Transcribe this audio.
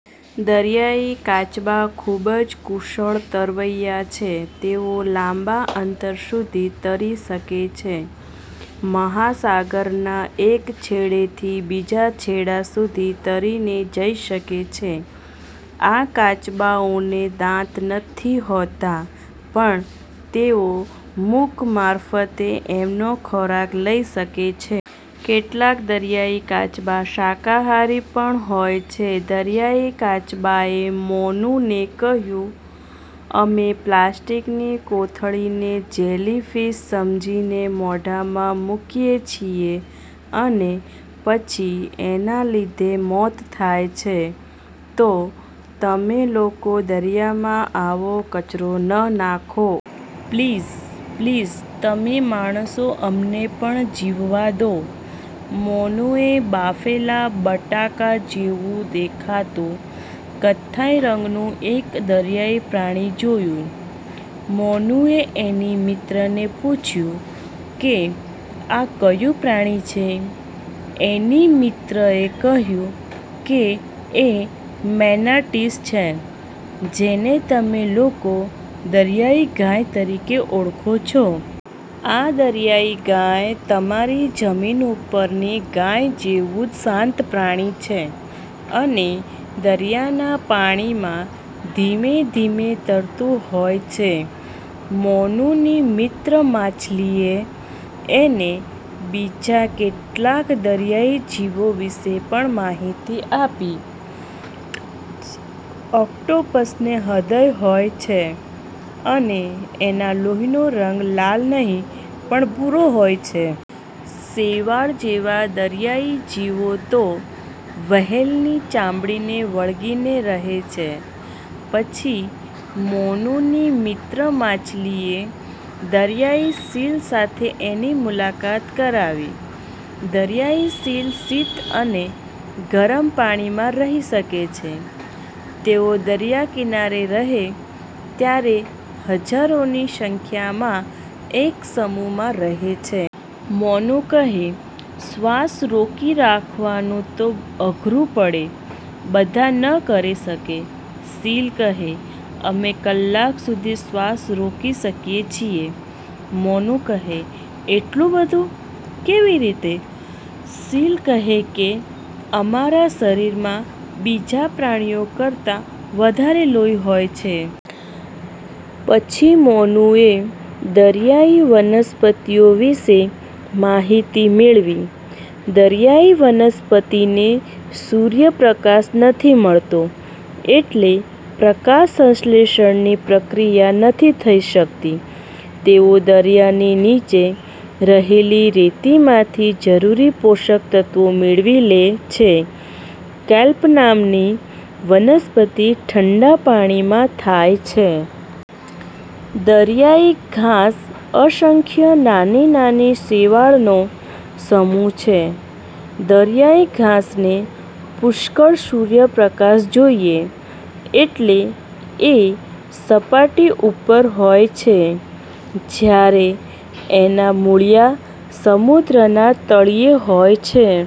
દરિયાઈ કાચબા ખુબ જ કુશળ તરવૈયા છે. તેઓ લાંબા અંતર સુધી તરી શકે છે. મહાસાગરના એક છેડે થી બીજા છેડા સુધી તરીને જઈ શકે છે. આ કાચબાઓને દાંત નથી હોતા પણ તેઓ મુખ મારફતે એમનો ખોરાક લઇ શકે છે. કેટલાક। દરિયાઈ કાચબા શાકાહારી પણ હોય છે! દરિયાઈ કાચબાએ મોનુને કહ્યું, "અમે પ્લાસ્ટીકની કોથળીને જેલી ફીશ સમજીને મોઢામાં મુકીએ છીએ અને પછી એના લીધે મોત થાય છે તો તમે લોકો દરિયામાં આવો કચરો ન નાંખો. પ્લીઝ, પ્લીઝ, તમે માણસો અમને પણ જીવવા દો". મોનુએ બાફેલા બટાકા જેવું દેખાતું કથ્થાઈ રંગનું એક દરિયાઈ પ્રાણી જોયું. મોનુએ એની મિત્રને પૂછ્યું કે આ કયું પ્રાણી છે? એની મિત્રએ કહ્યું કે એ મેનાટીસ છે જેને તમે લોકો દરિયાઈ ગાય તરીકે ઓળખો છો. આ "દરિયાઈ ગાય" તમારી જમીન ઉપરની ગાય જેવું જ શાંત પ્રાણી છે અને દરિયાના પાણીમાં ધીમે ધીમે તરતું હોય છે. મોનુની મિત્ર માછલીએ એને બીજા કેટલાક દરિયાઈ જીવો વિષે પણ માહિતી આપી. ઓક્ટોપસને હૃદય હોય છે અને એના લોહીનો રંગ લાલ નહિ પણ ભૂરો હોય છે! શેવાળ જેવા દરિયાઈ જીવો તો વ્હેલની ચામડીને વળગીને રહે છે! પછી મોનુની મિત્ર માછલીએ દરિયાઈ સીલ સાથે એની મુલાકાત કરાવી. દરિયાઈ સીલ શીત અને ગરમ પાણીમાં રહી શકે છે. તેઓ દરિયા કિનારે રહે ત્યારે હજોરોની સંખ્યામાં એક સમૂહમાં રહે છે. મોનુ કહે, "શ્વાસ રોકી રાખવાનું તો અઘરું પડે. બધા ન કરી શકે". સીલ કહે, "અમે કલાક સુધી શ્વાસ રોકી શકીએ છીએ". મોનુ કહે, "એટલું બધું? કેવી રીતે? ". સીલ કહે કે, "અમારા શરીરમાં બીજા પ્રાણીઓ કરતાં વધારે લોહી હોય છે. પછી મોનુએ દરિયાઈ વનસ્પતિઓ વિષે માહિતી મેળવી. દરિયાઈ વનસ્પતિને સૂર્ય પ્રકાશ નથી મળતો એટલે પ્રકાશ સંશ્લેષણની પ્રક્રિયા નથી થઇ શકતી. તેઓ દરિયાની નીચે રહેલી રેતીમાંથી જરૂરી પોષક તત્વો મેળવી લે છે. કેલ્પ નામની વનસ્પતિ ઠંડા પાણીમાં થાય છે. દરિયાઈ ઘાસ અસંખ્ય નાની નાની શેવાળનો સમૂહ છે. દરિયાઈ ઘાસને પુષ્કળ સૂર્ય પ્રકાશ જોઈએ એટલે એ સપાટી ઉપર હોય છે જયારે એના મૂળિયાં સમુદ્રના તળિયે હોય છે.